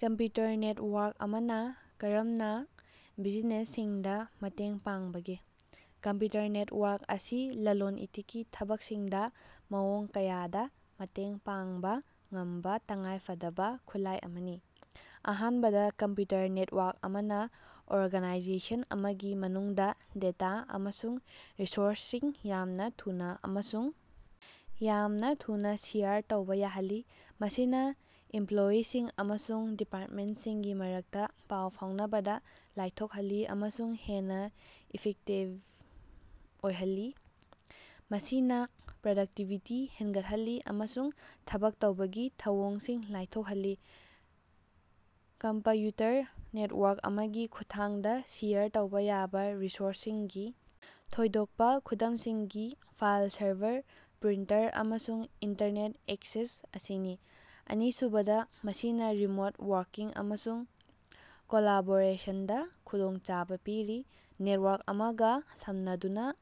Computer network ꯑꯃꯅꯥ ꯀꯔꯝꯅꯥ ꯕꯤꯖꯤꯅꯦꯁꯁꯤꯡꯗꯥ ꯃꯇꯦꯡ ꯄꯥꯡꯕꯒꯦ? ꯀꯝꯄ꯭ꯌꯨꯇꯔ ꯅꯦꯠꯋꯥ꯭ꯔꯛ ꯑꯁꯤ ꯂꯂꯣꯟ-ꯏꯇꯤꯛꯀꯤ ꯊꯕꯛꯁꯤꯡꯗꯥ ꯃꯑꯣꯡ ꯀꯌꯥꯗꯥ ꯃꯇꯦꯡ ꯄꯥꯡꯕꯥ ꯉꯝꯕꯥ ꯇꯉꯥꯏꯐꯗꯕꯥ ꯈꯨꯠꯂꯥꯏ ꯑꯃꯅꯤ꯫ ꯑꯍꯥꯟꯕꯗꯥ, ꯀꯝꯄ꯭ꯌꯨꯇꯔ ꯅꯦꯠꯋꯥ꯭ꯔꯛ ꯑꯃꯅꯥ ꯑꯣꯔꯒꯥꯅꯥꯏꯖꯦꯁꯟ ꯑꯃꯒꯤ ꯃꯅꯨꯡꯗꯥ ꯗꯦꯇꯥ ꯑꯃꯁꯨꯡ ꯔꯤꯁꯣꯔꯁꯁꯤꯡ ꯌꯥꯝꯅꯥ ꯊꯨꯅꯥ ꯑꯃꯁꯨꯡ ꯌꯥꯝꯅꯥ ꯊꯨꯅꯥ ꯁꯤꯌꯔ ꯇꯧꯕꯥ ꯌꯥꯍꯜꯂꯤ꯫ ꯃꯁꯤꯅꯥ ꯏꯝꯄ꯭ꯂꯣꯌꯤꯁꯤꯡ ꯑꯃꯁꯨꯡ ꯗꯤꯄꯥꯔꯠꯃꯦꯟꯁꯤꯡꯒꯤ ꯃꯔꯛꯇꯥ ꯄꯥꯎ ꯐꯥꯎꯅꯕꯗꯥ ꯂꯥꯏꯊꯣꯛꯍꯜꯂꯤ ꯑꯃꯁꯨꯡ ꯍꯦꯟꯅꯥ ꯏꯐꯦꯛꯇꯤꯕ ꯑꯣꯏꯍꯜꯂꯤ, ꯃꯁꯤꯅꯥ ꯄ꯭ꯔꯗꯛꯇꯤꯕꯤꯇꯤ ꯍꯦꯟꯒꯠꯍꯜꯂꯤ ꯑꯃꯁꯨꯡ ꯊꯕꯛ ꯇꯧꯕꯒꯤ ꯊꯧꯑꯣꯡꯁꯤꯡ ꯂꯥꯏꯊꯣꯛꯍꯜꯂꯤ꯫ ꯀꯝꯄ꯬ꯌꯨꯇꯔ ꯅꯦꯠꯋꯥ꯭ꯔꯛ ꯑꯃꯒꯤ ꯈꯨꯠꯊꯥꯡꯗꯥ ꯁꯤꯌꯔ ꯇꯧꯕꯥ ꯌꯥꯕꯥ ꯔꯤꯁꯣꯔꯁꯁꯤꯡꯒꯤ ꯊꯣꯏꯗꯣꯛꯄꯥ ꯈꯨꯗꯝꯁꯤꯡꯗꯤ ꯐꯥꯏꯜ ꯁꯔꯚꯔ, ꯄ꯭ꯔꯤꯟꯇꯔ, ꯑꯃꯁꯨꯡ ꯏꯟꯇꯔꯅꯦꯠ ꯑꯦꯛꯁꯦꯁ ꯑꯁꯤꯅꯤ꯫ ꯑꯅꯤꯁꯨꯕꯗꯥ, ꯃꯁꯤꯅꯥ ꯔꯤꯃꯣꯠ ꯋꯥꯔꯀꯤꯡ ꯑꯃꯁꯨꯡ ꯀꯣꯂꯥꯕꯣꯔꯦꯁꯟꯗꯥ ꯈꯨꯗꯣꯡꯆꯥꯕꯥ ꯄꯤꯔꯤ꯫ ꯅꯦꯠꯋꯥ꯭ꯔꯛ ꯑꯃꯒꯥ ꯁꯝꯅꯗꯨꯅꯥ,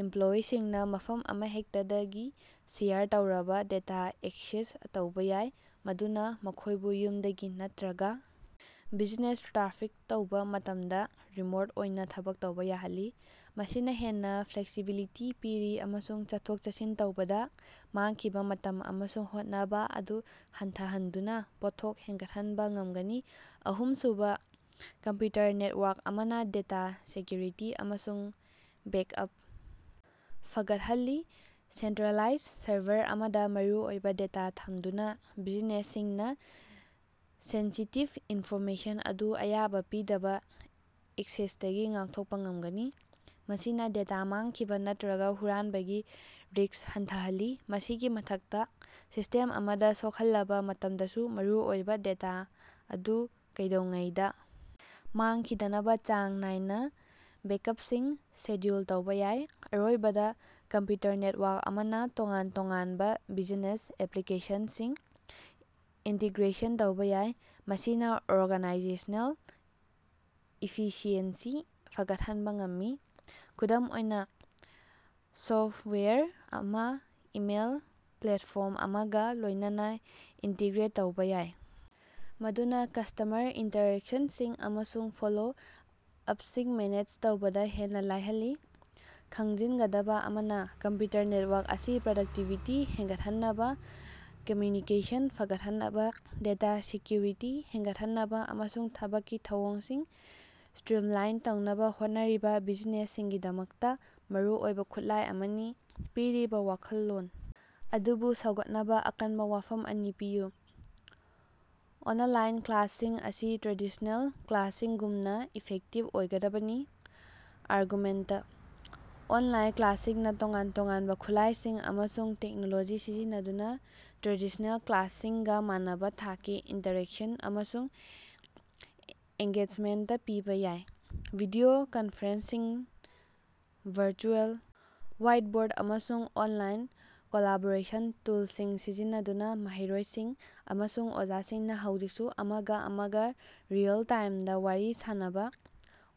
ꯏꯝꯄ꯭ꯂꯣꯌꯤꯁꯤꯡꯅꯥ ꯃꯐꯝ ꯑꯃꯍꯦꯛꯇꯗꯒꯤ ꯁꯤꯌꯔ ꯇꯧꯔꯕꯥ ꯗꯦꯇꯥ ꯑꯦꯛꯁꯦꯁ ꯇꯧꯕꯥ ꯌꯥꯏ, ꯃꯗꯨꯅꯥ ꯃꯈꯣꯏꯕꯨ ꯌꯨꯝꯗꯒꯤ ꯅꯠꯇ꯭ꯔꯒꯥ ꯕꯤꯖꯤꯅꯦꯁ ꯇ꯭ꯔꯥꯐꯤꯛ ꯇꯧꯕꯥ ꯃꯇꯝꯗꯥ ꯔꯤꯃꯣꯠ ꯑꯣꯏꯅꯥ ꯊꯕꯛ ꯇꯧꯕꯥ ꯌꯥꯍꯜꯂꯤ꯫ ꯃꯁꯤꯅꯥ ꯍꯦꯟꯅꯥ ꯐ꯭ꯂꯦꯛꯁꯤꯕꯤꯂꯤꯇꯤ ꯄꯤꯔꯤ ꯑꯃꯁꯨꯡ ꯆꯠꯊꯣꯛ-ꯆꯠꯁꯤꯟ ꯇꯧꯕꯗꯥ ꯃꯥꯡꯈꯤꯕꯥ ꯃꯇꯝ ꯑꯃꯁꯨꯡ ꯍꯣꯠꯅꯕꯥ ꯑꯗꯨ ꯍꯟꯊꯍꯟꯗꯨꯅꯥ ꯄꯣꯠꯊꯣꯛ ꯍꯦꯟꯒꯠꯍꯟꯕꯥ ꯉꯝꯒꯅꯤ꯫ ꯑꯍꯨꯝꯁꯨꯕꯥ, ꯀꯝꯄ꯭ꯌꯨꯇꯔ ꯅꯦꯠꯋꯥ꯭ꯔꯛ ꯑꯃꯅꯥ ꯗꯦꯇꯥ ꯁꯦꯀ꯭ꯌꯨꯔꯤꯇꯤ ꯑꯃꯁꯨꯡ ꯕꯦꯛꯑꯞ ꯐꯒꯠꯍꯜꯂꯤ꯫ ꯁꯦꯟꯇ꯭ꯔꯦꯂꯥꯏꯖ ꯁꯔꯚꯔ ꯑꯃꯗꯥ ꯃꯔꯨꯑꯣꯏꯕꯥ ꯗꯦꯇꯥ ꯊꯝꯗꯨꯅꯥ, ꯕꯤꯖꯤꯅꯦꯁꯁꯤꯡꯅꯥ ꯁꯦꯟꯁꯤꯇꯤꯚ ꯏꯟꯐꯣꯔꯃꯦꯁꯟ ꯑꯗꯨ ꯑꯌꯥꯕꯥ ꯄꯤꯗꯕꯥ ꯑꯦꯛꯁꯦꯁꯇꯒꯤ ꯉꯥꯛꯊꯣꯛꯄꯥ ꯉꯝꯒꯅꯤ꯫ ꯃꯁꯤꯅꯥ ꯗꯦꯇꯥ ꯃꯥꯡꯈꯤꯕꯥ ꯅꯠꯇ꯭ꯔꯒꯥ ꯍꯨꯔꯥꯟꯕꯒꯤ ꯔꯤꯁ꯭ꯛ ꯍꯟꯊꯍꯜꯂꯤ꯫ ꯃꯁꯤꯒꯤ ꯃꯊꯛꯇꯥ, ꯁꯤꯁꯇꯦꯝ ꯑꯃꯗꯥ ꯁꯣꯛꯍꯜꯂꯕꯥ ꯃꯇꯝꯗꯁꯨ ꯃꯔꯨꯑꯣꯏꯕꯥ ꯗꯦꯇꯥ ꯑꯗꯨ ꯀꯩꯗꯧꯉꯩꯗꯥ ꯃꯥꯡꯈꯤꯗꯅꯕꯥ ꯆꯥꯡ ꯅꯥꯏꯅꯥ ꯕꯦꯛꯑꯞꯁꯤꯡ ꯁꯦꯗ꯭ꯌꯨꯜ ꯇꯧꯕꯥ ꯌꯥꯏ꯫ ꯑꯔꯣꯏꯕꯗꯥ, ꯀꯝꯄ꯭ꯌꯨꯇꯔ ꯅꯦꯠꯋꯥ꯭ꯔꯛ ꯑꯃꯅꯥ ꯇꯣꯉꯥꯟ-ꯇꯣꯉꯥꯟꯕꯥ ꯕꯤꯖꯅꯦꯁ ꯑꯦꯄ꯭ꯂꯤꯀꯦꯁꯟꯁꯤꯡ ꯏꯟꯇꯤꯒ꯭ꯔꯦꯁꯟ ꯇꯧꯕꯥ ꯌꯥꯏ, ꯃꯁꯤꯅꯥ ꯑꯣꯔꯒꯥꯅꯥꯏꯖꯦꯁꯅꯦꯜ ꯏꯐꯤꯁꯤꯑꯦꯟꯁꯤ ꯐꯒꯠꯍꯟꯕꯥ ꯉꯝꯃꯤ꯫ ꯈꯨꯗꯝ ꯑꯣꯏꯅꯥ, ꯁꯣꯐꯋꯦꯌꯔ ꯑꯃꯥ ꯏꯃꯦꯜ ꯄ꯭ꯂꯦꯠꯐꯣꯔꯝ ꯑꯃꯒꯥ ꯂꯣꯏꯅꯅꯥ ꯏꯟꯇꯤꯒ꯭ꯔꯦꯠ ꯇꯧꯕꯥ ꯌꯥꯏ, ꯃꯗꯨꯅꯥ ꯀꯁꯇꯃꯔ ꯏꯟꯇꯔꯦꯛꯁꯟꯁꯤꯡ ꯑꯃꯁꯨꯡ ꯐꯣꯂꯣ-ꯑꯞꯁꯤꯡ ꯃꯦꯅꯦꯖ ꯇꯧꯕꯗꯥ ꯍꯦꯟꯅꯥ ꯂꯥꯏꯍꯜꯂꯤ꯫ ꯈꯪꯖꯤꯟꯒꯗꯕꯥ ꯑꯃꯅꯥ, ꯀꯝꯄ꯭ꯌꯨꯇꯔ ꯅꯦꯠꯋꯥ꯭ꯔꯛ ꯑꯁꯤ ꯄ꯭ꯔꯗꯛꯇꯤꯚꯤꯇꯤ ꯍꯦꯟꯒꯠꯍꯟꯅꯕꯥ, ꯀꯝꯃ꯭ꯌꯨꯅꯤꯀꯦꯁꯟ ꯐꯒꯠꯍꯟꯅꯕꯥ, ꯗꯦꯇꯥ ꯁꯦꯀ꯭ꯌꯨꯔꯤꯇꯤ ꯍꯦꯟꯒꯠꯍꯟꯅꯕꯥ ꯑꯃꯁꯨꯡ ꯊꯕꯛꯀꯤ ꯊꯧꯑꯣꯡꯁꯤꯡ ꯁꯇ꯭ꯔꯤꯝꯂꯥꯏꯟ ꯇꯧꯅꯕꯥ ꯍꯣꯠꯅꯔꯤꯕꯥ ꯕꯤꯖꯤꯅꯦꯁꯁꯤꯡꯒꯤꯗꯃꯛꯇꯥ ꯃꯔꯨꯑꯣꯏꯕꯥ ꯈꯨꯠꯂꯥꯏ ꯑꯃꯅꯤ꯫ ꯄꯤꯔꯤꯕꯥ ꯋꯥꯈꯜꯂꯣꯟ ꯑꯗꯨꯕꯨ ꯁꯧꯒꯠꯅꯕꯥ ꯑꯀꯟꯕꯥ ꯋꯥꯐꯝ ꯑꯅꯤ ꯄꯤꯌꯨ꯫ ꯑꯣꯅꯂꯥꯏꯟ ꯀ꯭ꯂꯥꯁꯁꯤꯡ ꯑꯁꯤ ꯇ꯭ꯔꯦꯗꯤꯁꯅꯦꯜ ꯀ꯭ꯂꯥꯁꯁꯤꯡꯒꯨꯝꯅꯥ ꯏꯐꯦꯛꯇꯤꯕ ꯑꯣꯏꯒꯗꯕꯅꯤ꯫ ꯑꯥꯔꯒꯨꯃꯦꯟꯇ: ꯑꯣꯟꯂꯥꯏꯟ ꯀ꯭ꯂꯥꯁꯁꯤꯡꯅꯥ ꯇꯣꯉꯥꯟ-ꯇꯣꯉꯥꯟꯕꯥ ꯈꯨꯠꯂꯥꯏꯁꯤꯡ ꯑꯃꯁꯨꯡ ꯇꯦꯛꯅꯣꯂꯣꯖꯤ ꯁꯤꯖꯤꯟꯅꯗꯨꯅꯥ ꯇ꯭ꯔꯦꯗꯤꯁꯅꯦꯜ ꯀ꯭ꯂꯥꯁꯁꯤꯡꯒꯥ ꯃꯥꯟꯅꯕꯥ ꯊꯥꯛꯀꯤ ꯏꯟꯇꯔꯦꯛꯁꯟ ꯑꯃꯁꯨꯡ ꯑꯦꯡꯒꯦꯖꯃꯦꯟꯇ ꯄꯤꯕꯥ ꯌꯥꯏ꯫ ꯚꯤꯗꯤꯑꯣ ꯀꯟꯐꯔꯦꯟꯁꯁꯤꯡ, ꯚꯔꯆꯨꯑꯦꯜ ꯋꯥꯏꯠꯕꯣꯔꯗ, ꯑꯃꯁꯨꯡ ꯑꯣꯟꯂꯥꯏꯟ ꯀꯣꯂꯥꯕꯣꯔꯦꯁꯟ ꯇꯨꯜꯁꯤꯡ ꯁꯤꯖꯤꯟꯅꯗꯨꯅꯥ ꯃꯍꯩꯔꯣꯏꯁꯤꯡ ꯑꯃꯁꯨꯡ ꯑꯣꯖꯥꯁꯤꯡꯅꯥ ꯍꯧꯖꯤꯛꯁꯨ ꯑꯃꯒꯥ ꯑꯃꯒꯥ ꯔꯤꯌꯦꯜ-ꯇꯥꯏꯝꯗꯥ ꯋꯥꯔꯤ ꯁꯥꯅꯕꯥ,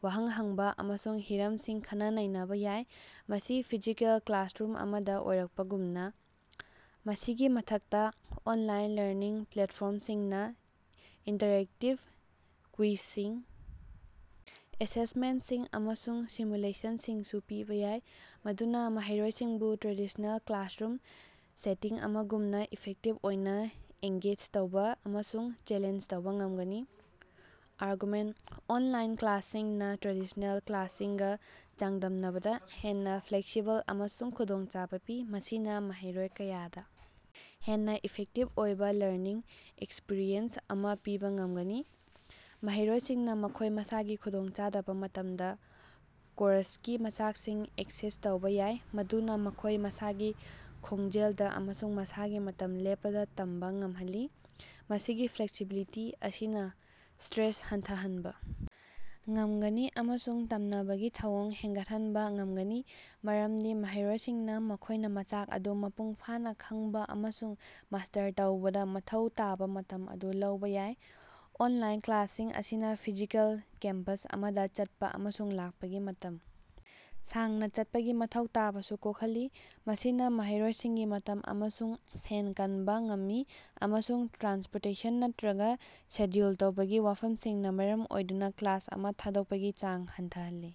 ꯋꯥꯍꯪ ꯍꯪꯕꯥ ꯑꯃꯁꯨꯡ ꯍꯤꯔꯝꯁꯤꯡ ꯈꯟꯅ-ꯅꯩꯅꯕꯥ ꯌꯥꯏ, ꯃꯁꯤ ꯐꯤꯖꯤꯀꯦꯜ ꯀ꯭ꯂꯥꯁꯔꯨꯝ ꯑꯃꯗꯥ ꯑꯣꯏꯔꯛꯄꯒꯨꯝꯅꯥ꯫ ꯃꯁꯤꯒꯤ ꯃꯊꯛꯇꯥ, ꯑꯣꯟꯂꯥꯏꯟ ꯂꯔꯅꯤꯡ ꯄ꯭ꯂꯦꯠꯐꯣꯔꯝꯁꯤꯡꯅꯥ ꯏꯟꯇꯔꯦꯛꯇꯤꯕ ꯀ꯭ꯋꯤꯖꯁꯤꯡ, ꯑꯦꯁꯦꯁꯃꯦꯟꯁꯤꯡ, ꯑꯃꯁꯨꯡ ꯁꯤꯃꯨꯂꯦꯁꯟꯁꯤꯡꯁꯨ ꯄꯤꯕꯥ ꯌꯥꯏ ꯃꯗꯨꯅꯥ ꯃꯍꯩꯔꯣꯏꯁꯤꯡꯕꯨ ꯇ꯭ꯔꯦꯗꯤꯁꯅꯦꯜ ꯀ꯭ꯂꯥꯁꯔꯨꯝ ꯁꯦꯇꯤꯡ ꯑꯃꯒꯨꯝꯅꯥ ꯏꯐꯦꯛꯇꯤꯕ ꯑꯣꯏꯅꯥ ꯑꯦꯡꯒꯦꯖ ꯇꯧꯕꯥ ꯑꯃꯁꯨꯡ ꯆꯦꯂꯦꯟꯖ ꯇꯧꯕꯥ ꯉꯝꯒꯅꯤ꯫ ꯑꯥꯔꯒꯨꯃꯦꯟ: ꯑꯣꯟꯂꯥꯏꯟ ꯀ꯭ꯂꯥꯁꯁꯤꯡꯅꯥ ꯇ꯭ꯔꯦꯗꯤꯁꯅꯦꯜ ꯀ꯭ꯂꯥꯁꯁꯤꯡꯒꯥ ꯆꯥꯡꯗꯝꯅꯕꯗꯥ ꯍꯦꯟꯅꯥ ꯐ꯭ꯂꯦꯛꯁꯤꯕꯜ ꯑꯃꯁꯨꯡ ꯈꯨꯗꯣꯡꯆꯥꯕꯥ ꯄꯤ, ꯃꯁꯤꯅꯥ ꯃꯍꯩꯔꯣꯏ ꯀꯌꯥꯗꯥ ꯍꯦꯟꯅꯥ ꯏꯐꯦꯛꯇꯤꯚ ꯑꯣꯏꯕꯥ ꯂꯔꯅꯤꯡ ꯑꯦꯛꯁꯄꯤꯔꯤꯑꯦꯟꯁ ꯑꯃꯥ ꯄꯤꯕꯥ ꯉꯝꯒꯅꯤ꯫ ꯃꯍꯩꯔꯣꯏꯁꯤꯡꯅꯥ ꯃꯈꯣꯏ ꯃꯁꯥꯒꯤ ꯈꯨꯗꯣꯡꯆꯥꯗꯕꯥ ꯃꯇꯝꯗꯥ ꯀꯣꯔꯁꯀꯤ ꯃꯆꯥꯛꯁꯤꯡ ꯑꯦꯛꯁꯦꯁ ꯇꯧꯕꯥ ꯌꯥꯏ, ꯃꯗꯨꯅꯥ ꯃꯈꯣꯏ ꯃꯁꯥꯒꯤ ꯈꯣꯡꯖꯦꯜꯗꯥ ꯑꯃꯁꯨꯡ ꯃꯁꯥꯒꯤ ꯃꯇꯝ ꯂꯦꯞꯄꯗꯥ ꯇꯝꯕꯥ ꯉꯝꯍꯜꯂꯤ꯫ ꯃꯁꯤꯒꯤ ꯐ꯭ꯂꯦꯛꯁꯤꯕꯤꯂꯤꯇꯤ ꯑꯁꯤꯅꯥ ꯁꯇ꯭ꯔꯦꯁ ꯍꯟꯊꯍꯟꯕꯥ ꯉꯝꯒꯅꯤ ꯑꯃꯁꯨꯡ ꯇꯝꯅꯕꯒꯤ ꯊꯧꯑꯣꯡ ꯍꯦꯟꯒꯠꯍꯟꯕꯥ ꯉꯝꯒꯅꯤ, ꯃꯔꯝꯗꯤ ꯃꯍꯩꯔꯣꯏꯁꯤꯡꯅꯥ ꯃꯈꯣꯏꯅꯥ ꯃꯆꯥꯛ ꯑꯗꯨ ꯃꯄꯨꯡ ꯐꯥꯅꯥ ꯈꯪꯕꯥ ꯑꯃꯁꯨꯡ ꯃꯥꯁꯇꯔ ꯇꯧꯕꯗꯥ ꯃꯊꯧ ꯇꯥꯕꯥ ꯃꯇꯝ ꯑꯗꯨ ꯂꯧꯕꯥ ꯌꯥꯏ꯫ ꯑꯣꯟꯂꯥꯏꯟ ꯀ꯭ꯂꯥꯁꯁꯤꯡ ꯑꯁꯤꯅꯥ ꯐꯤꯖꯤꯀꯦꯜ ꯀꯦꯝꯄꯁ ꯑꯃꯗꯥ ꯆꯠꯄꯥ ꯑꯃꯁꯨꯡ ꯂꯥꯛꯄꯒꯤ ꯃꯇꯝ ꯁꯥꯡꯅꯥ ꯆꯠꯄꯒꯤ ꯃꯊꯧ ꯇꯥꯕꯁꯨ ꯀꯣꯛꯍꯜꯂꯤ, ꯃꯁꯤꯅꯥ ꯃꯍꯩꯔꯣꯏꯁꯤꯡꯒꯤ ꯃꯇꯝ ꯑꯃꯁꯨꯡ ꯁꯦꯟ ꯀꯟꯕꯥ ꯉꯝꯃꯤ, ꯑꯃꯁꯨꯡ ꯇ꯭ꯔꯥꯟꯁꯄꯣꯔꯇꯦꯁꯟ ꯅꯠꯇ꯭ꯔꯒꯥ ꯁꯦꯗ꯭ꯌꯨꯜ ꯇꯧꯕꯒꯤ ꯋꯥꯐꯝꯁꯤꯡꯅꯥ ꯃꯔꯝ ꯑꯣꯏꯗꯨꯅꯥ ꯀ꯭ꯂꯥꯁ ꯑꯃꯥ ꯊꯥꯗꯣꯛꯄꯒꯤ ꯆꯥꯡ ꯍꯟꯊꯍꯜꯂꯤ꯫